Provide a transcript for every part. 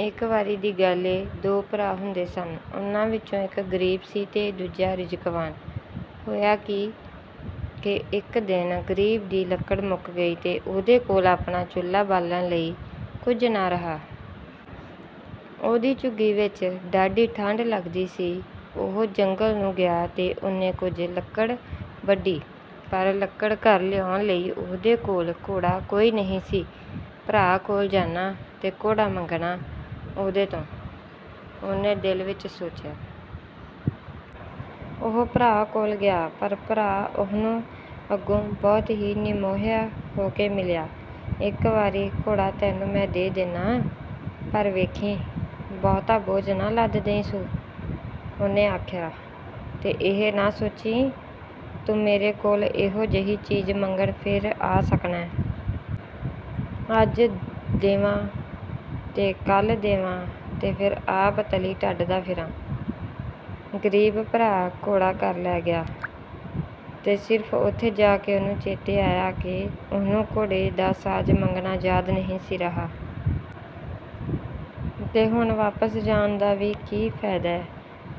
ਇੱਕ ਵਾਰੀ ਦੀ ਗੱਲ ਏ, ਦੋ ਭਰਾ ਹੁੰਦੇ ਸਨ। ਉਹਨਾਂ ਵਿਚੋਂ ਇੱਕ ਗ਼ਰੀਬ ਸੀ ਤੇ ਦੂਜਾ ਰਿਜ਼ਕਵਾਨ। ਹੋਇਆ ਕੀ ਕਿ ਇੱਕ ਦਿਨ ਗ਼ਰੀਬ ਦੀ ਲੱਕੜ ਮੁੱਕ ਗਈ, ਤੇ ਉਹਦੇ ਕੋਲ ਆਪਣਾ ਚੁਲ੍ਹਾ ਬਾਲਣ ਲਈ ਕੁਝ ਨਾ ਰਹਾ। ਉਹਦੀ ਝੁੱਗੀ ਵਿੱਚ ਡਾਢੀ ਠੰਢ ਲੱਗਦੀ ਸੀ। ਉਹ ਜੰਗਲ ਨੂੰ ਗਿਆ ਤੇ ਉਹਨੇ ਕੁਝ ਲੱਕੜ ਵੱਢੀ, ਪਰ ਲੱਕੜ ਘਰ ਲਿਆਉਣ ਲਈ ਉਹਦੇ ਕੋਲ ਘੋੜਾ ਕੋਈ ਨਹੀਂ ਸੀ। "ਭਰਾ ਕੋਲ ਜਾਨਾਂ ਤੇ ਘੋੜਾ ਮੰਗਨਾਂ ਉਹਦੇ ਤੋਂ," ਉਹਨੇ ਦਿਲ ਵਿੱਚ ਸੋਚਿਆ। ਉਹ ਭਰਾ ਕੋਲ ਗਿਆ, ਪਰ ਭਰਾ ਉਹਨੂੰ ਅੱਗੋਂ ਬਹੁਤ ਹੀ ਨਿਮੋਹਿਆ ਹੋ ਕੇ ਮਿਲਿਆ। "ਇਕ ਵਾਰੀ ਘੋੜਾ ਤੈਨੂੰ ਮੈਂ ਦੇ ਦੇਨਾਂ, ਪਰ ਵੇਖੀਂ, ਬਹੁਤਾ ਬੋਝ ਨਾ ਲੱਦ ਦਈਂ ਸੂ," ਉਹਨੇ ਆਖਿਆ। "ਤੇ ਇਹ ਨਾ ਸੋਚੀਂ, ਤੂੰ ਮੇਰੇ ਕੋਲ ਇਹੋ ਜਿਹੀ ਚੀਜ਼ ਮੰਗਣ ਫੇਰ ਵੀ ਆ ਸਕਣੈ। ਅੱਜ ਦੇਵਾਂ, ਤੇ ਕੱਲ੍ਹ ਦੇਵਾਂ, ਤੇ ਫੇਰ ਆਪ ਤਲੀ ਟੱਡਦਾ ਫਿਰਾਂ।" ਗ਼ਰੀਬ ਭਰਾ ਘੋੜਾ ਘਰ ਲੈ ਗਿਆ, ਤੇ ਸਿਰਫ਼ ਓਥੇ ਜਾ ਕੇ ਉਹਨੂੰ ਚੇਤੇ ਆਇਆ ਕਿ ਉਹਨੂੰ ਘੋੜੇ ਦਾ ਸਾਜ਼ ਮੰਗਣਾ ਯਾਦ ਨਹੀਂ ਸੀ ਰਿਹਾ। "ਤੇ ਹੁਣ ਵਾਪਸ ਜਾਣ ਦਾ ਵੀ ਕੀ ਫ਼ਾਇਦੈ,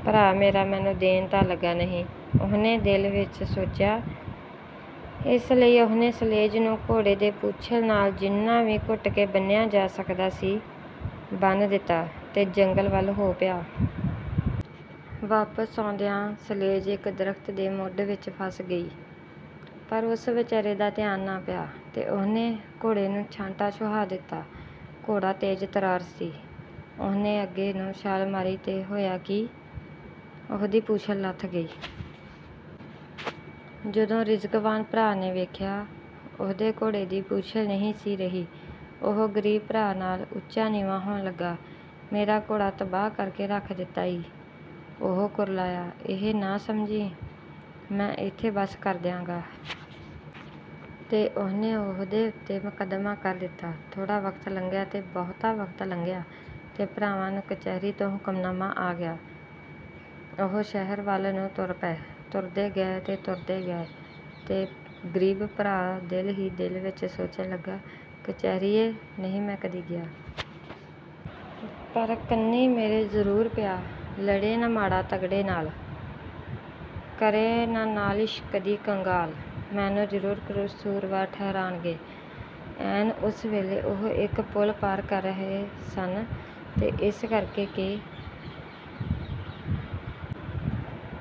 ਭਰਾ ਮੇਰਾ ਮੈਨੂੰ ਦੇਣ ਤਾਂ ਲੱਗਾ ਨਹੀਂ," ਉਹਨੇ ਦਿਲ ਵਿੱਚ ਸੋਚਿਆ। ਇਸ ਲਈ ਉਹਨੇ ਸਲੇਜ ਨੂੰ ਘੋੜੇ ਦੇ ਪੂਛਲ ਨਾਲ ਜਿੰਨਾ ਵੀ ਘੁੱਟ ਕੇ ਬੰਨ੍ਹਿਆ ਜਾ ਸਕਦਾ ਸੀ, ਬੰਨ੍ਹ ਦਿੱਤਾ, ਤੇ ਜੰਗਲ ਵੱਲ ਹੋ ਪਿਆ। ਵਾਪਸ ਆਉਂਦਿਆਂ ਸਲੇਜ ਇੱਕ ਦਰੱਖ਼ਤ ਦੇ ਮੁੱਢ ਵਿੱਚ ਫਸ ਗਈ, ਪਰ ਉਸ ਵਿਚਾਰੇ ਦਾ ਧਿਆਨ ਨਾ ਪਿਆ, ਤੇ ਉਹਨੇ ਘੋੜੇ ਨੂੰ ਛਾਂਟਾ ਛੁਹਾ ਦਿੱਤਾ। ਘੋੜਾ ਤੇਜ਼-ਤਰਾਰ ਸੀ; ਉਹਨੇ ਅੱਗੇ ਨੂੰ ਛਾਲ ਮਾਰੀ ਤੇ ਹੋਇਆ ਕੀ, ਉਹਦੀ ਪੂਛਲ ਲੱਥ ਗਈ। ਜਦੋਂ ਰਿਜ਼ਕਵਾਨ ਭਰਾ ਨੇ ਵੇਖਿਆ, ਉਹਦੇ ਘੋੜੇ ਦੀ ਪੂਛਲ ਨਹੀਂ ਸੀ ਰਹੀ, ਉਹ ਗ਼ਰੀਬ ਭਰਾ ਨਾਲ ਉੱਚਾ-ਨੀਵਾਂ ਹੋਣ ਲੱਗਾ। "ਮੇਰਾ ਘੋੜਾ ਤਬਾਹ ਕਰ ਕੇ ਰੱਖ ਦਿੱਤਾ ਈ!" ਉਹ ਕੁਰਲਾਇਆ। "ਇਹ ਨਾ ਸਮਝੀਂ, ਮੈਂ ਏਥੇ ਬੱਸ ਕਰ ਦਿਆਂਗਾ!" ਤੇ ਉਹਨੇ ਉਹਦੇ ਉਤੇ ਮੁਕੱਦਮਾ ਕਰ ਦਿੱਤਾ। ਥੋੜ੍ਹਾ ਵਕਤ ਲੰਘਿਆ ਤੇ ਬਹੁਤਾ ਵਕਤ ਲੰਘਿਆ, ਤੇ ਭਰਾਵਾਂ ਨੂੰ ਕਚਹਿਰੀ ਤੋਂ ਹੁਕਮਨਾਮਾ ਆ ਗਿਆ। ਉਹ ਸ਼ਹਿਰ ਵੱਲ ਨੂੰ ਤੁਰ ਪਏ, ਤੁਰਦੇ ਗਏ ਤੇ ਤੁਰਦੇ ਗਏ, ਤੇ ਗ਼ਰੀਬ ਭਰਾ ਦਿਲ ਹੀ ਦਿਲ ਵਿੱਚ ਸੋਚਣ ਲੱਗਾ, "ਕਚਹਿਰੀਏ ਨਹੀਂ ਮੈਂ ਕਦੀ ਗਿਆ। ਪਰ ਕੰਨੀਂ ਮੇਰੇ ਜ਼ਰੂਰ ਪਿਆ। ਲੜੇ ਨਾ ਮਾੜਾ ਤਗੜੇ ਨਾਲ। ਕਰੇ ਨਾ ਨਾਲਿਸ਼ ਕਦੀ ਕੰਗਾਲ। ਮੈਨੂੰ ਜ਼ਰੂਰ ਕਸੂਰਵਾਰ ਠਹਿਰਾਣਗੇ।" ਐਨ ਉਸ ਵੇਲੇ ਉਹ ਇੱਕ ਪੁਲ ਪਾਰ ਕਰ ਰਹੇ ਸਨ, ਤੇ ਏਸ ਕਰਕੇ ਕਿ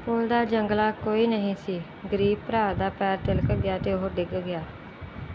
ਪੁਲ ਦਾ ਜੰਗਲਾ ਕੋਈ ਨਹੀਂ ਸੀ, ਗ਼ਰੀਬ ਭਰਾ ਦਾ ਪੈਰ ਤਿਲਕ ਗਿਆ ਤੇ ਉਹ ਡਿਗ ਗਿਆ